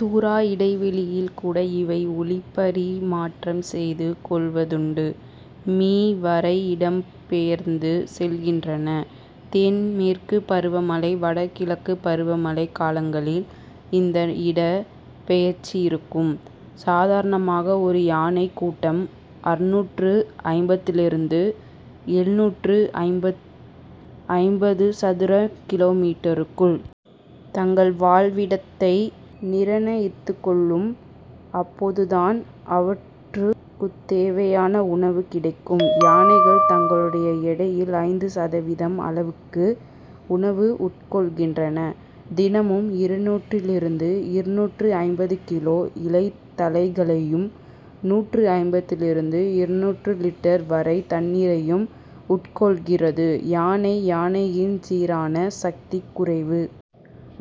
தூர இடைவெளியில் கூட இவை ஒலிப்பரிமாற்றம் செய்து கொள்வதுண்டு. மீ. வரை இடம் பெயர்ந்து செல்கின்றன. தென் மேற்குப் பருவமழை வட கிழக்குப் பருவமழைக் காலங்களில் இந்த இடப் பெயர்ச்சி இருக்கும். சாதாரணமாக ஒரு யானைக் கூட்டம் அறுநூற்று ஐம்பதிலிருந்து எழுநூற்று ஐம்பது சதுர கிலோமீட்டருக்குள். தங்கள் வாழ்விடத்தை நிர்ணயித்துக்கொள்ளும். அப்போதுதான் அவற்றுக்குத்தேவையான உணவு கிடைக்கும். யானைகள் தங்களுடைய எடையில் ஐந்து சதவீதம் அளவுக்கு உணவு உட்கொள்கின்றன. தினமும் இருநூறிலிருந்து இருநூற்று ஐம்பது கிலோ. இலை தழைகளையும் நூற்று ஐம்பதிலிருந்து இருநூற்று லிட்டர்.வரை தண்ணீரையும் உட்கொள்கிறது யானை. யானையின் ஜீரண சக்தி குறைவு.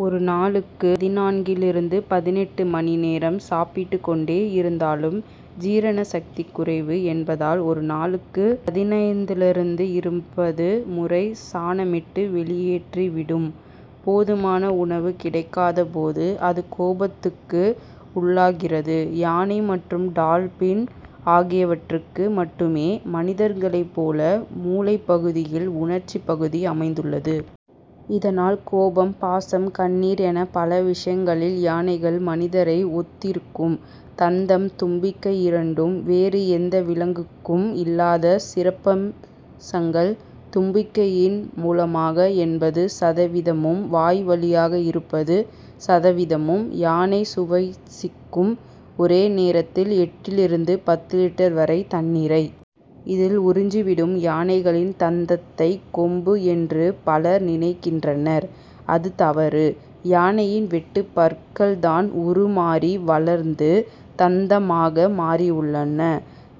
ஒரு நாளுக்கு பதினான்கிலிருந்து பதினெட்டு மணி நேரம். சாப்பிட்டுக்கொண்டே இருந்தாலும் ஜீரண சக்தி குறைவு என்பதால் ஒரு நாளுக்கு பதினைந்திலிருந்து இருபது முறை சாணமிட்டு. வெளியேற்றிவிடும். போதுமான உணவு கிடைக்காத போது அது கோபத்துக்கு உள்ளாகிறது. யானை மற்றும் டால்பின் ஆகியவற்றுக்கு மட்டுமே மனிதர்களைப் போல மூளைப்பகுதியில் உணர்ச்சிப் பகுதி அமைந்துள்ளது. இதனால் கோபம், பாசம், கண்ணீர் என பல விஷயங்களில் யானைகள் மனிதரை ஒத்திருக்கும். தந்தம் தும்பிக்கை இரண்டும் வேறு எந்த விலங்குக்கும் இல்லாத சிறப்பம்சங்கள் தும்பிக்கையின் மூலமாக எண்பது சதவீதமும், வாய் வழியாக இருவது சதவீதமும். யானை சுவசிக்கும். ஒரே நேரத்தில் எட்டிலிருந்து பத்து லிட்டர் வரை தண்ணீரை. இதில் உறிஞ்சி விடும். யானைகளின் தந்தத்தை கொம்பு என்று பலர் நினைக்கின்றனர் அது தவறு. யானையின் வெட்டுப் பற்கள்தான் உருமாறி வளர்ந்து தந்தமாக மாறியுள்ளன.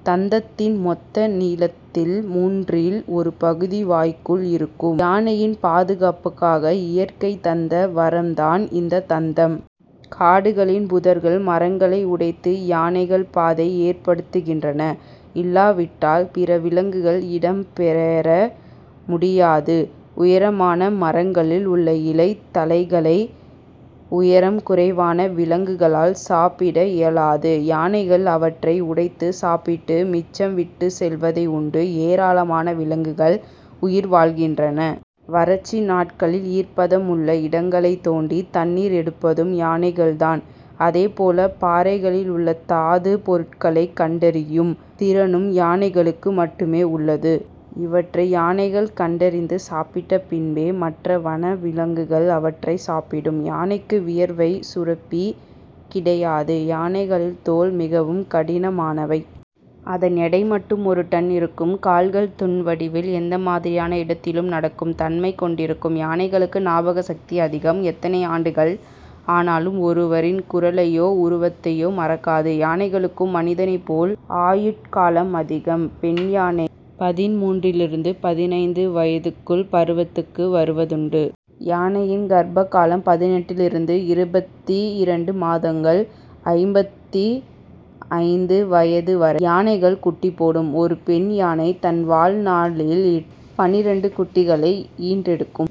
தந்தத்தின் மொத்த நீளத்தில் மூன்றில் ஒரு பகுதி வாய்க்குள் இருக்கும். யானையின் பாதுகாப்புக்காக இயற்கை தந்த வரம்தான் இந்த தந்தம். காடுகளில் புதர்கள் மரங்களை உடைத்து யானைகள் பாதை ஏற்படுத்துகின்றன. இல்லாவிட்டால் பிற விலங்குகள் இடம் பெயர முடியாது. உயரமான மரங்களில் உள்ள இலை தழைகளை உயரம் குறைவான விலங்குகளால் சாப்பிட இயலாது. யானைகள் அவற்றை உடைத்துச் சாப்பிட்டு மிச்சம் விட்டுச் செல்வதை உண்டு ஏராளமான விலங்குகள் உயிர் வாழ்கின்றன. வறட்சி நாட்களில் ஈர்ப்பதமுள்ள இடங்களைத் தோண்டி தண்ணீர் எடுப்பதும் யானைகள்தான். அதேபோல பாறைகளில் உள்ள தாதுப் பொருட்களை கண்டறியும் திறனும் யானைகளுக்கு மட்டுமே உள்ளது. இவற்றை யானைகள் கண்டறிந்து, சாப்பிட்ட பின்பே, மற்ற வன விலங்குகள் அவற்றைச் சாப்பிடும். யானைக்கு வியர்வைச் சுரப்பி கிடையாது. யானைகளின் தோல் மிகவும் கடினமானவை. அதன் எடை மட்டும் ஒரு டன் இருக்கும். கால்கள் தூண் வடிவில் எந்த மாதிரியான இடத்திலும் நடக்கும் தன்மை கொண்டிருக்கும். யானைகளுக்கு ஞாபக சக்தி அதிகம். எத்தனை ஆண்டுகள் ஆனாலும் ஒருவரின் குரலையோ, உருவத்தையோ மறக்காது. யானைகளுக்கும் மனிதனைப்போல் ஆயுட்காலம் அதிகம். பெண் யானை பதின்மூன்றிலிருந்து பதினைந்து வயதுக்குள் பருவத்துக்கு வருவதுண்டு. யானையின் கர்ப்ப காலம் பதினெட்டிலிருந்து இருபத்தி இரண்டு மாதங்கள். ஐம்பத்து ஐந்து வயது வரை. யானைகள் குட்டி போடும். ஒரு பெண் யானை தன் வாழ் நாளில் பன்னிரண்டு குட்டிகளை ஈன்றெடுக்கும்.